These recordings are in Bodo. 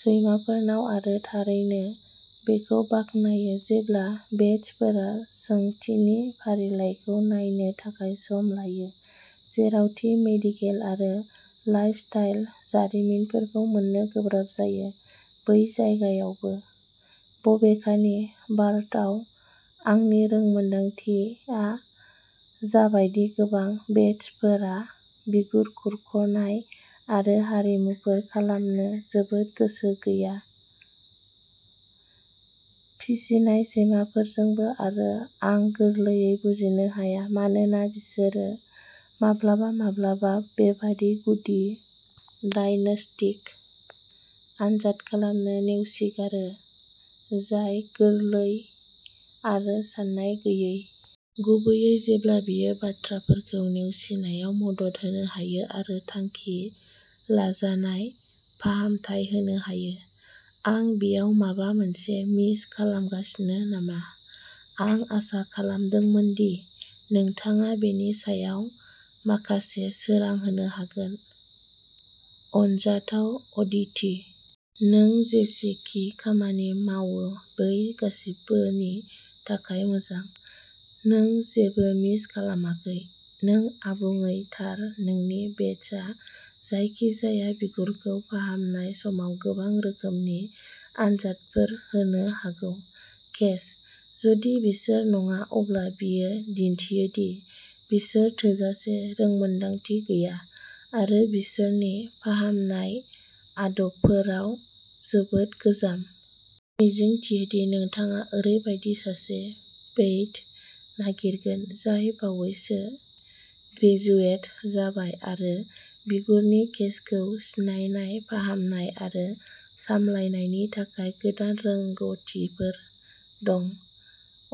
सैमाफोरनाव आरो थारैनो बेखौ बाखनायो जेब्ला भेट्सफोरा सोंथिनि फारिलाइखौ नायनो थाखाय सम लायो। जेराव थि मेडिकेल आरो लाइफस्टाइल जारिमिनफोरखौ मोननो गोब्राब जायो बै जायगायावबो। बबेखानि, भारताव आंनि रोंमोनदांथिया जाबायदि गोबां भेट्सफोरा बिगुर खुरख'नाय आरो हारिमुफोर खालामनो जोबोद गोसो गैया फिसिनाय सैमाफोरजोंबो आरो आं गोरलैयै बुजिनो हाया मानो बिसोरो माब्लाबा माब्लाबा बेबादि गुदि डायग्नोस्टिक आनजाद खालामनो नेवसिगारो जाय गोरलै आरो सानाय गैयै। गुबैयै जेब्ला बेयो बाथ्राफोरखौ नेवसिनायाव मदद होनो हायो आरो थांखि लाजानाय फाहामथाय होनो हायो। आं बेयाव माबा मोनसे मिस खालामगासिनो नामा? आं आसा खालामदोंमोनदि नोंथाङा बेनि सायाव माखासे सोरां होनो हागोन। अनजाथाव अदिति। नों जेखि खामानि मावो बै गासैबोनि थाखाय मोजां। नों जेबो मिस खालामाखै। नों आबुङै थार नोंनि भेट्सआ जायखिजाया बिगुरखौ फाहामनाय समाव गोबां रोखोमनि आनजादफोर होनो नांगौ। केस। जुदि बिसोर नङा अब्ला बेयो दिन्थियोदि बिसोर थोजासे रोंमोनदांथि गैया आरो बिसोरनि फाहामनाय आदबफोराव जोबोद गोजाम। मिजिंथियोदि नोंथाङा ओरैबायदि सासे भेइट नागिरगोन जाय बावैसो ग्रेजुवेट जाबाय आरो बिगुरनि केसखौ सिनायनाय फाहामनाय आरो सामलायनायनि थाखाय गोदान रोंग'थिफोर दं।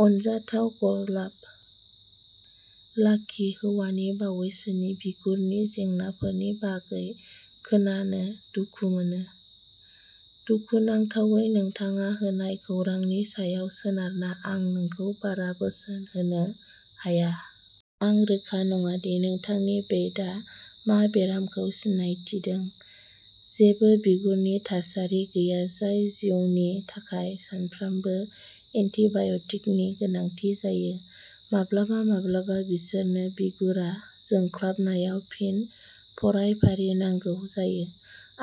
अनजाथाव गलाब। लाकि हौवानि बावैसोनि बिगुरनि जेंनाफोरनि बागै खोनानो दुखु मोनो। दुखुनांथावै नोंथाङा होनाय खौरांनि सायाव सोनारना आं नोंखौ बारा बोसोन होनो हाया। आं रोखा नङादि नोंथांनि भेइटआ मा बेरामखौ सिनायथिदों। जेबो बिगुरनि थासारि गैया जाय जिउनि थाखाय सानफ्रोमबो एन्टिबाय'टिकनि गोनांथि जायो। माब्लाबा माब्लाबा बिसोरनो बिगुरा जोंख्लाबनायाव फिन फरायफारि नांगौ जायो।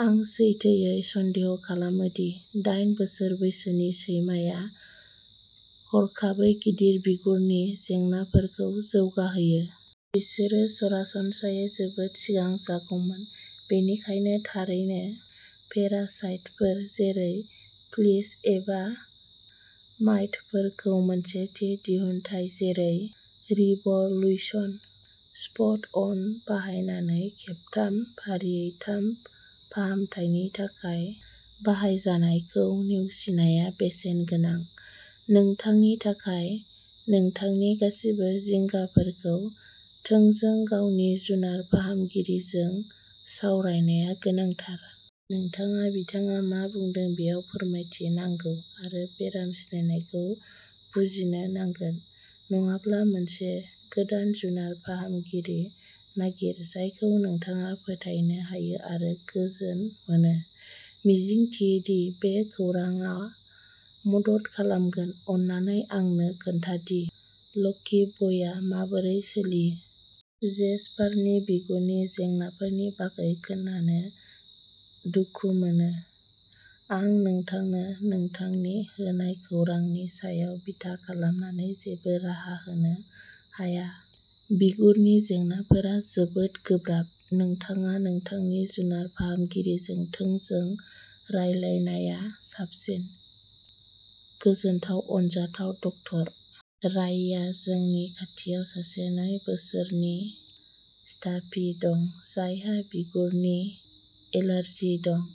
आं सैथोयै सन्देह खालामोदि दाइन बोसोर बैसोनि सैमाया हरखाबै गिदिर बिगुरनि जेंनाफोरखौ जौगाहोयो। बिसोरो सरासनस्रायै जोबोद सिगां जागौमोन। बेनिखायनो थारैनो पेरासाइटफोर जेरै फ्लिस एबा माइटफोरखौ मोनसे थि दिहुनथाय जेरै रिभ'ल्युसन स्पट अन बाहायनानै खेबथाम फारियै थाम फाहामथायनि थाखाय बाहायजानायखौ नेवसिनाया बेसेनगोनां। नोंथांनि थाखाय नोंथांनि गासिबो जिंगाफोरखौ थोंजों गावनि जुनार फाहामगिरिजों सावरायनाया गोनांथार। नोंथाङा बिथाङा मा बुंदों बेयाव फोथायथि थानांगौ आरो बेराम सिनायनायखौ बुजिनो नांगोन। नङाब्ला मोनसे गोदान जुनार फाहामगिरि नागिर जायखौ नोंथाङा फोथायनो हायो आरो गोजोन मोनो। मिजिंथियोदि बे खौरांआ मदद खालामगोन। अन्नानै आंनो खोन्थादि लक्की बयआ माबोरै सोलियो। जेसपारनि बिगुरनि जेंनाफोरनि बागै खोनानो दुखु मोनो। आं नोंथांनो नोंथांनि होनाय खौरांनि सायाव बिथा खालामनानै जेबो राहा होनो हाया। बिगुरनि जेंनाफोरा जोबोद गोब्राब। नोंथाङा नोंथांनि जुनार फाहामगिरिजों थोंजों रायलायनाया साबसिन। गोजोनथाव। अनजाथाव ड. राय्या जोंनि खाथियाव सासे नै बोसोरनि स्टाफि दं जायहा बिगुरनि एलार्जि दं।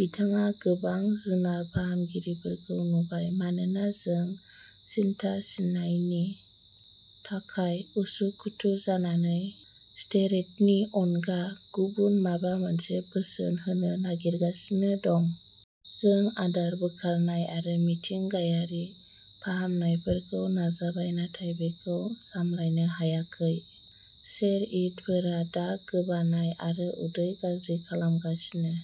बिथाङा गोबां जुनार फाहामगिरिफोरखौ नुबाय मानोना जों सिनथा सिननायनि थाखाय उसुखुथु जानानै स्टेरइडनि अनगा गुबुन माबा मोनसे बोसोन होनो नागिरगासिनो दं। जों आदार बोखारनाय आरो मिथिंगायारि फाहामनायफोरखौ नाजाबाय नाथाय बेखौ सामलायनो हायाखै। सेरइदफोरा दा गोबानाय आरो उदै गाज्रि खालामगासिनो।